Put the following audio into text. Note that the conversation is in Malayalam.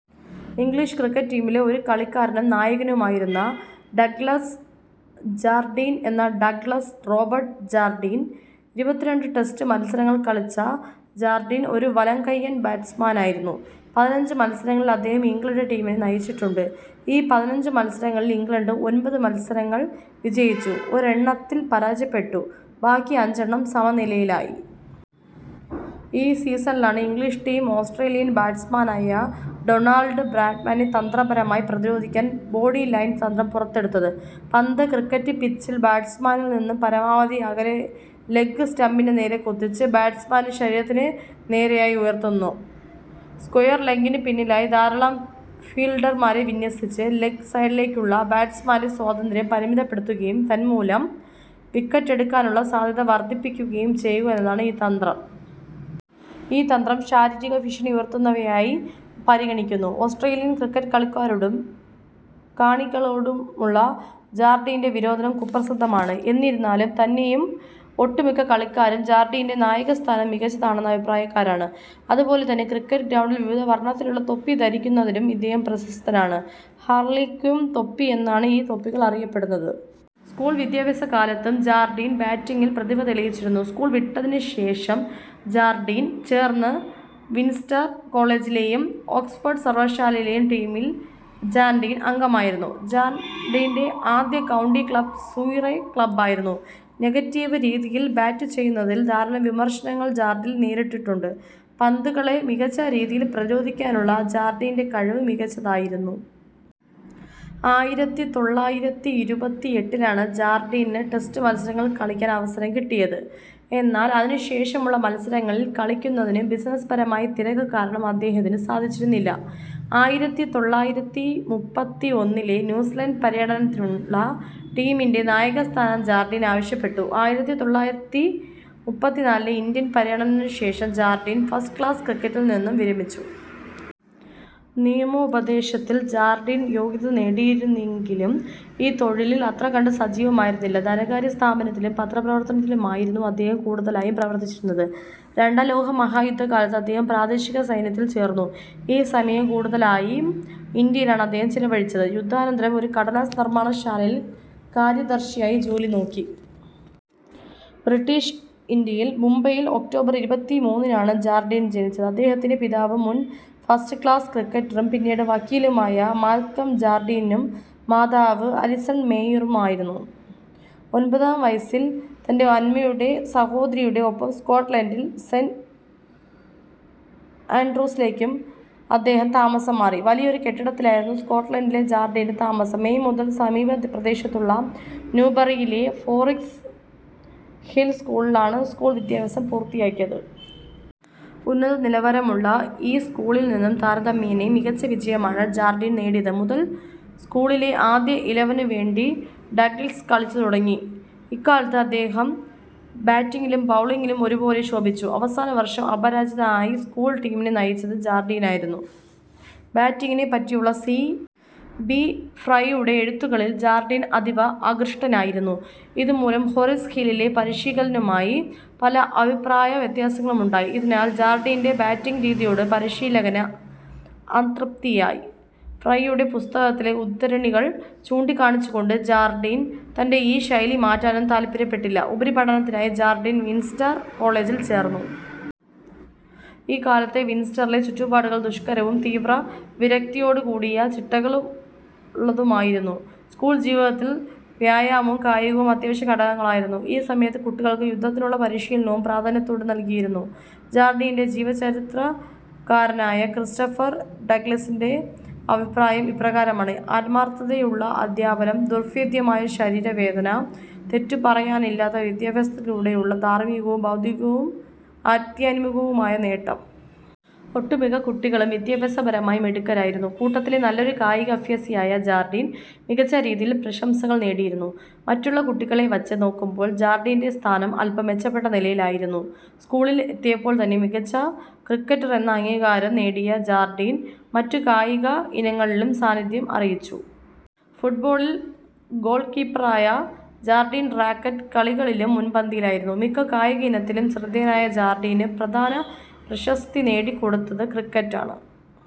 ഇംഗ്ലീഷ് ക്രിക്കറ്റ് ടീമിലെ ഒരു കളിക്കാരനും നായകനുമായിരുന്നു ഡഗ്ലസ് ജാർഡീൻ എന്ന ഡഗ്ലസ് റോബർട്ട് ജാർഡീൻ. ഇരുപത്തിരണ്ട് ടെസ്റ്റ് മത്സരങ്ങൾ കളിച്ച ജാർഡീൻ ഒരു വലംകയ്യൻ ബാറ്റ്സ്മാനായിരുന്നു. പതിനഞ്ച് മത്സരങ്ങളിൽ അദ്ദേഹം ഇംഗ്ലണ്ട് ടീമിനെ നയിച്ചിട്ടുണ്ട്. ഈ പതിനഞ്ചുമത്സരങ്ങളിൽ ഇംഗ്ലണ്ട് ഒൻപത് മത്സരങ്ങൾ വിജയിച്ചു, ഒരെണ്ണത്തിൽ പരാജയപ്പെട്ടു ബാക്കി അഞ്ചെണ്ണം സമനിലയിലായി. ഈ സീസണിലാണ് ഇംഗ്ലീഷ് ടീം ഓസ്ട്രേലിയൻ ബാറ്റ്സ്മാനായ ഡൊണാൾഡ് ബ്രാഡ്മാനെ തന്ത്രപരമായി പ്രതിരോധിക്കാൻ ബോഡിലൈൻ തന്ത്രം പുറത്തെടുത്തത്. പന്ത്, ക്രിക്കറ്റ് പിച്ചിൽ ബാറ്റ്സ്മാനിൽ നിന്ന് പരമാവധി അകലെ ലെഗ് സ്റ്റമ്പിൻ്റെ നേരെ കുത്തിച്ച് ബാറ്റ്സ്മാൻ്റെ ശരീരത്തിനു നേരെയായി ഉയർത്തുന്നു. സ്ക്വയർ ലെഗ്ഗിനു പിന്നിലായി ധാരാളം ഫീൽഡർമാരെ വിന്യസിച്ച് ലെഗ് സൈഡിലേക്കുള്ള ബാറ്റ്സ്മാൻ്റെ സ്വാതന്ത്ര്യം പരിമിതപ്പെടുത്തുകയും തന്മൂലം വിക്കറ്റെടുക്കാനുള്ള സാധ്യത വർദ്ധിപ്പിക്കുകയും ചെയ്യുക എന്നതാണ് ഈ തന്ത്രം. ഈ തന്ത്രം ശാരീരിക ഭീഷണിയുയർത്തുന്നവയായി പരിഗണിക്കുന്നു. ഓസ്ട്രേലിയൻ ക്രിക്കറ്റ് കളിക്കാരോടും കാണികളോടുമുള്ള ജാർഡീൻ്റെ വിരോധം കുപ്രസിദ്ധമാണ്. എന്നിരുന്നാൽ തന്നെയും ഒട്ടുമിക്ക കളിക്കാരും ജാർഡീൻ്റെ നായകസ്ഥാനം മികച്ചതാണെന്ന അഭിപ്രായക്കാരാണ്. അതുപോലെ തന്നെ ക്രിക്കറ്റ് ഗ്രൗണ്ടിൽ വിവിധ വർണ്ണത്തിലുള്ള തൊപ്പി ധരിക്കുന്നതിലും ഇദ്ദേഹം പ്രസിദ്ധനാണ്. ഹാർലെക്വിം തൊപ്പി എന്നാണ് ഈ തൊപ്പികൾ അറിയപ്പെടുന്നത്. സ്കൂൾ വിദ്യാഭ്യാസക്കാലത്തും ജാർഡീൻ ബാറ്റിംഗിൽ പ്രതിഭതെളിയിച്ചിരുന്നു. സ്കൂൾ വിട്ടതിനുശേഷം ജാർഡീൻ ചേർന്ന വിൻസ്റ്റർ കോളേജിലേയും ഓക്സ്ഫോർഡ് സർവകലാശാലയിലെയും ടീമിൽ ജാർഡീൻ അംഗമായിരുന്നു. ജാർഡീൻ്റെ ആദ്യ കൗണ്ടി ക്ലബ്ബ് സുറൈ ക്ലബ്ബായിരുന്നു. നെഗറ്റീവ് രീതിയിൽ ബാറ്റു ചെയ്യുന്നതിൽ ധാരാളം വിമർശനങ്ങൽ ജാർഡീൻ നേരിട്ടിട്ടുണ്ട്. പന്തുകളെ മികച്ച രീതിയിൽ പ്രതിരോധിക്കുന്നതിനുള്ള ജാർഡീൻ്റെ കഴിവ് മികച്ചതായിരുന്നു. ആയിരത്തിതൊള്ളായിരത്തിഇരുപത്തിഎട്ടിലാണ് ജാർഡീന് ടെസ്റ്റ് മത്സരങ്ങൾ കളിയ്ക്കാൻ അവസരം കിട്ടിയത്. എന്നാൽ അതിനു ശേഷമുള്ള മത്സരങ്ങളിൽ കളിക്കുന്നതിന് ബിസിനസ്സ് പരമായ തിരക്ക് കാരണം അദ്ദേഹത്തിന് സാധിച്ചിരുന്നില്ല. ആയിരത്തിതൊള്ളായിരത്തിമുപ്പത്തിഒന്നിലെ ന്യൂസിലൻഡ് പര്യടനത്തിനുള്ള ടീമിൻ്റെ നായകസ്ഥാനം ജാർഡീൻ ആവിശ്യപ്പെട്ടു. ആയിരത്തിതൊള്ളായിരത്തിമുപ്പത്തിനാലിലെ ഇന്ത്യൻ പര്യടനത്തിനു ശേഷം ജാർഡീൻ ഫസ്റ്റ് ക്ലാസ് ക്രിക്കറ്റിൽ നിന്നും വിരമിച്ചു. നിയമോപദേശത്തിൽ ജാർഡീൻ യോഗ്യത നേടിയിരുന്നെങ്കിലും ഈ തൊഴിലിൽ അത്രകണ്ട് സജീവമായിരുന്നില്ല. ധനകാര്യസ്ഥാപനത്തിലും പത്രപ്രവർത്തനത്തിലുമായിരുന്നു അദ്ദേഹം കൂടുതലായും പ്രവർത്തിച്ചിരുന്നത്. രണ്ടാം ലോകമഹായുദ്ധക്കാലത്ത് അദ്ദേഹം പ്രാദേശിക സൈന്യത്തിൽ ചേർന്നു, ഈ സമയം കൂടുതലായും ഇന്ത്യയിലാണ് അദ്ദേഹം ചിലവഴിച്ചത്. യുദ്ധാനന്തരം ഒരു കടലാസ് നിർമ്മാണ ശാലയിൽ കാര്യദർശിയായി ജോലി നോക്കി. ബ്രിട്ടീഷ് ഇന്ത്യയിൽ മുംബൈയിൽ ഒക്ടോബർ ഇരുപത്തിമൂന്നിനാണ് ജാർഡീൻ ജനിച്ചത്. അദ്ദേഹത്തിൻ്റെ പിതാവ് മുൻ ഫസ്റ്റ് ക്ലാസ് ക്രിക്കറ്ററും പിന്നീട് വക്കീലുമായ മാൽക്കം ജാർഡീനും മാതാവ് അലിസൺ മൊയിറുമായിരുന്നു. ഒൻപതാം വയസ്സിൽ തൻ്റെ അമ്മയുടെ സഹോദരിയുടെ ഒപ്പം സ്കോട്ട്ലൻ്റിലെ സെൻ്റ്. ആൻഡ്രൂസിലേക്ക് അദ്ദേഹം താമസംമാറി. വലിയൊരു കെട്ടിടത്തിലായിരുന്നു സ്കോട്ട്ലൻ്റിൽ ജാർഡീൻ്റെ താമസം, മെയ് മുതൽ സമീപ പ്രദേശത്തുള്ള ന്യൂബറിയിലെ ഹോറിസ് ഹിൽ സ്കൂളിലാണ് സ്ക്കൂൾ വിദ്യാഭ്യാസം പൂർത്തിയാക്കിയത്. ഉന്നത നിലവാരമുള്ള ഈ സ്കൂളിൽ നിന്നും താരതമ്യേനെ മികച്ച വിജയമാണ് ജാർഡീൻ നേടിയത്. മുതൽ സ്കൂളിലെ ആദ്യ ഇലവന് വേണ്ടി ഡഗ്ലസ് കളിച്ചുതുടങ്ങി, ഇക്കാലത്ത് അദ്ദേഹം ബാറ്റിംഗിലും ബൗളിംഗിലും ഒരു പോലെ ശോഭിച്ചു. അവസാന വർഷം അപരാജിതരായ സ്കൂൾ ടീമിനെ നയിച്ചത് ജാർഡീനായിരുന്നു. ബാറ്റിംഗിനെ പറ്റിയുള്ള സി. ബി. ഫ്രൈയുടെ എഴുത്തുകളിൽ ജാർഡീൻ അതീവ ആകൃഷ്ടനായിരുന്നു, ഇതു മൂലം ഹോറിസ് ഹില്ലിലെ പരിശീലകനവുമായി പല അഭിപ്രായ വ്യത്യാസങ്ങളുമുണ്ടായി. ഇതിനാൽ ജാർഡീൻ്റെ ബാറ്റിംഗ് രീതിയോട് പരീശിലകന് അതൃപ്തിയായി, ഫ്രൈയുടെ പുസ്തകത്തിലെ ഉദ്ധരണികൾ ചൂണ്ടികാണിച്ചുകൊണ്ട് ജാർഡീൻ തൻ്റെ ഈ ശൈലി മാറ്റാനും താല്പര്യപ്പെട്ടില്ല. ഉപരിപഠനത്തിനായി ജാർഡീൻ വിൻസ്റ്റർ കോളജിൽ ചേർന്നു. ഈ കാലത്തെ വിൻസ്റ്ററിലെ ചുറ്റുപാടുകൾ ദുഷ്കരവും തീവ്രവിരക്തിയോടുകൂടിയ ചിട്ടകളുള്ളതുമായിരുന്നു. സ്കൂൾ ജീവിതത്തിൽ വ്യായാമവും കായികവും അത്യാവിശ്യ ഘടകങ്ങളായിരുന്നു. ഈ സമയത്ത് കുട്ടികൾക്ക് യുദ്ധത്തിനുള്ള പരീശിലനവും പ്രാധാന്യത്തോടെ നൽകിയിരുന്നു. ജാർഡീൻ്റെ ജീവചരിത്രകാരനായ ക്രിസ്റ്റഫർ ഡഗ്ലസിൻ്റെ അഭിപ്രായം ഇപ്രകാരമാണ്, ആത്മാർത്ഥതയുളള അധ്യാപനം, ദുർഭേദ്യമായ ശരീര വേദന, തെറ്റുപറയാനില്ലാത്ത വിദ്യാഭ്യാസത്തിലൂടെയുള്ള ധാർമ്മികവും ബൗദ്ധികവും ആദ്ധ്യാത്മികവുമായ നേട്ടം. ഒട്ടുമിക്ക കുട്ടികളും വിദ്യാഭ്യാസപരമായി മിടുക്കരായിരുന്നു, കൂട്ടത്തിലെ നല്ലൊരു കായികാഭ്യാസിയായ ജാർഡീൻ മികച്ച രീതിയിൽ പ്രശംസകൾ നേടിയിരുന്നു. മറ്റുള്ള കുട്ടികളെ വച്ച് നോക്കുമ്പോൾ ജാർഡീൻ്റെ സ്ഥാനം അല്പം മെച്ചപ്പെട്ട നിലയിലായിരുന്നു. സ്കൂളിൽ എത്തിയപ്പോൾ തന്നെ മികച്ച ക്രിക്കറ്റർ എന്ന അംഗീകരാം നേടിയ ജാർഡീൻ മറ്റു കായിക ഇനങ്ങളിലും സാനിധ്യം അറിയിച്ചു. ഫുട്ബോളിൽ ഗ്ഗോൾകിപ്പറായ ജാർഡീൻ റാക്കറ്റ് കളികളിലും മുൻപന്തിയിലായിരുന്നു. മിക്ക കായിക ഇനത്തിലും ശ്രദ്ധേയനായ ജാർഡിന് പ്രധാന പ്രശസ്തിനേടികൊടുത്തത് ക്രിക്കറ്റാണ്.